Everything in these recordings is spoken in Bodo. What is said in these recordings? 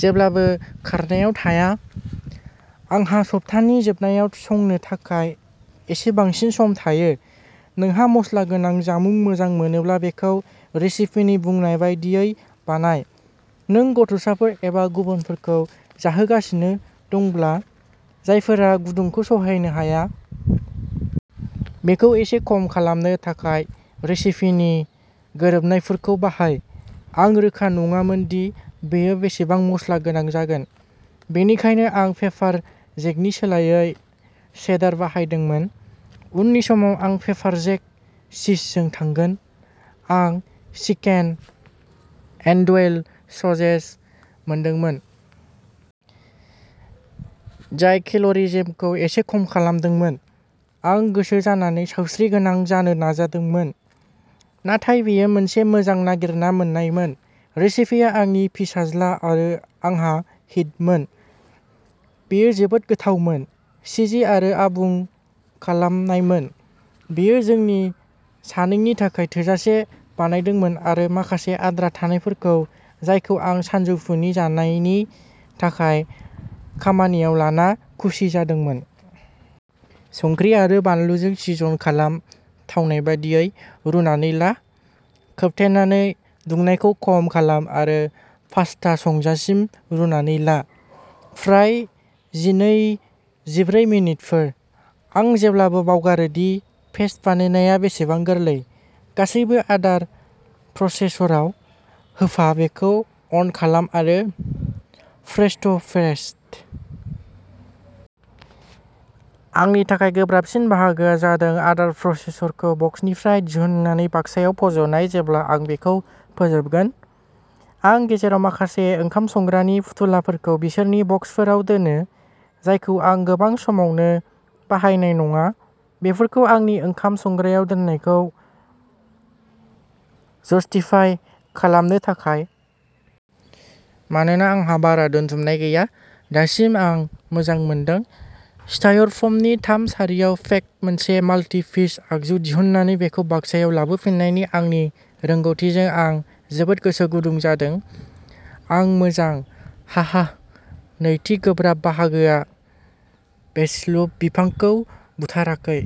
जेब्लाबो खारनायाव थाया। आंहा सप्तानि जोबनायाव संनो थाखाय एसे बांसिन सम थायो। नोंहा मस्ला गोनां जामुं मोजां मोनोब्ला बेखौ रेसिपिनि बुंनाय बायदियै बानाय। नों गथ'साफोर एबा गुबुनफोरखौ जाहोगासिनो दंब्ला। जायफोरा गुदुंखौ सहायनो हाया। बेखौ एसे खम खालामनो थाखाय रेसिपिनि गोरोबनायफोरखौ बाहाय। आं रोखा नङामोन दि बेयो बेसेबां मस्ला गोनां जागोन। बेनिखायनो आं पेपार जेकनि सोलायै चेडार बाहायदोंमोन। उननि समाव आं पेपार जेक चीजजों थांगोन। आं चिकेन एन्ड'इल ससेज मोनदोंमोन। जाय केल'रि जेमखौ एसे खम खालामदोंमोन। आं गोसो जानानै सावस्रिगोनां जानो नाजादोंमोन। नाथाय बेयो मोनसे मोजां नागिरना मोननायमोन। रेसिपिया आंनि फिसाज्ला आरो आंहा हिटमोन। बेयो जोबोद गोथावमोन। चिजि आरो आबुं खालामनायमोन। बेयो जोंनि सानैनि थाखाय थोजासे बानायदोंमोन आरो माखासे आद्रा थानायफोरखौ जायखौ आं सानजौफुनि जानायनि थाखाय खामानियाव लाना खुसि जादोंमोन। संख्रि आरो बानलुजों सिजन खालाम थावनाय बादियै। रुनानै ला। खोबथेनानै दुंनायखौ खम खालाम आरो पास्ता संजासिम रुनानै ला। फ्राय जिनै-जिब्रै मिनिटफोर। आं जेब्लाबो बावगारो दि पेस्ट बानायनाया बेसेबां गोरलै। गासैबो आदार प्रसेसराव होफा बेखौ अन खालाम आरो प्रेस्ट' प्रेस्ट। आंनि थाखाय गोब्राबसिन बाहागोआ जादों आदार प्रसेसरखौ बक्सनिफ्राय दिहुननानै बाक्सायाव फज'नाय जेब्ला आं बेखौ फोजोबगोन। आं गेरेजाव माखासे ओंखाम संग्रानि फुथुलाफोरखौ बिसोरनि बक्सफोराव दोनो। जायखौ आं गोबां समावनो बाहायनाय नङा। बेफोरखौ आंनि ओंखाम संग्रायाव दोननायखौ जस्टिफाइ खालामनो थाखाय। मानोना आंहा बारा दोनथुमनाय गैया। दासिम आं मोजां मोनदों। स्टायरफ'मनि थाम सारिआव पेक्ड मोनसे माल्टि पिस आगजु दिहुननानै बेखौ बाक्सायाव लाबोफिननायनि आंनि रोंग'थिजों आं जोबोद गोसो गुदुं जादों। आं मोजां हाहा नैथि गोब्राब बाहागोआ बेसिल बिफांखौ बुथाराखै।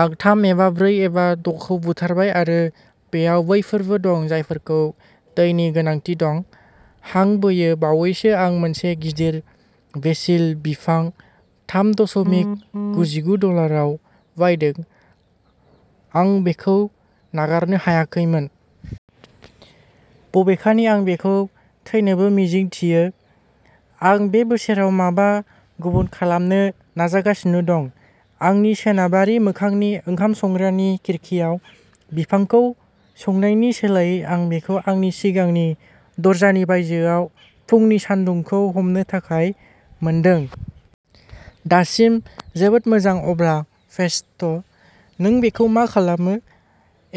आं थाम एबा ब्रै एबा द’ खौ बुथारबाय आरो बेयाव बैफोरबो दं जायफोरखौ दैनि गोनांथि दं। हां बोयो बावैसो आं मोनसे गिदिर बेसिल बिफां थाम दशमिक गुजिगु डलाराव बायदों। आं बेखौ नागारनो हायाखैमोन। बबेखानि आं बेखौ थैनोबो मिजिंथियो। आं बे बोसोराव माबा गुबुन खालामनो नाजागासिनो दं। आंनि सोनाबारि मोखांनि ओंखाम संग्रानि खिरखिआव बिफांखौ संनायनि सोलायै आं बेखौ आंनि सिगांनि दरजानि बायजोआव फुंनि सानदुंखौ हमनो थाखाय मोनदों। दासिम जोबोद मोजां अब्ला पेस्ट'। नों बेखौ मा खालामो?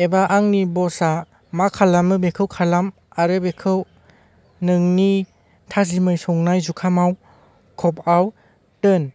एबा आंनि बसआ मा खालामो बेखौ खालाम आरो बेखौ नोंनि थाजिमै संनाय जुखामाव क'बआव दोन।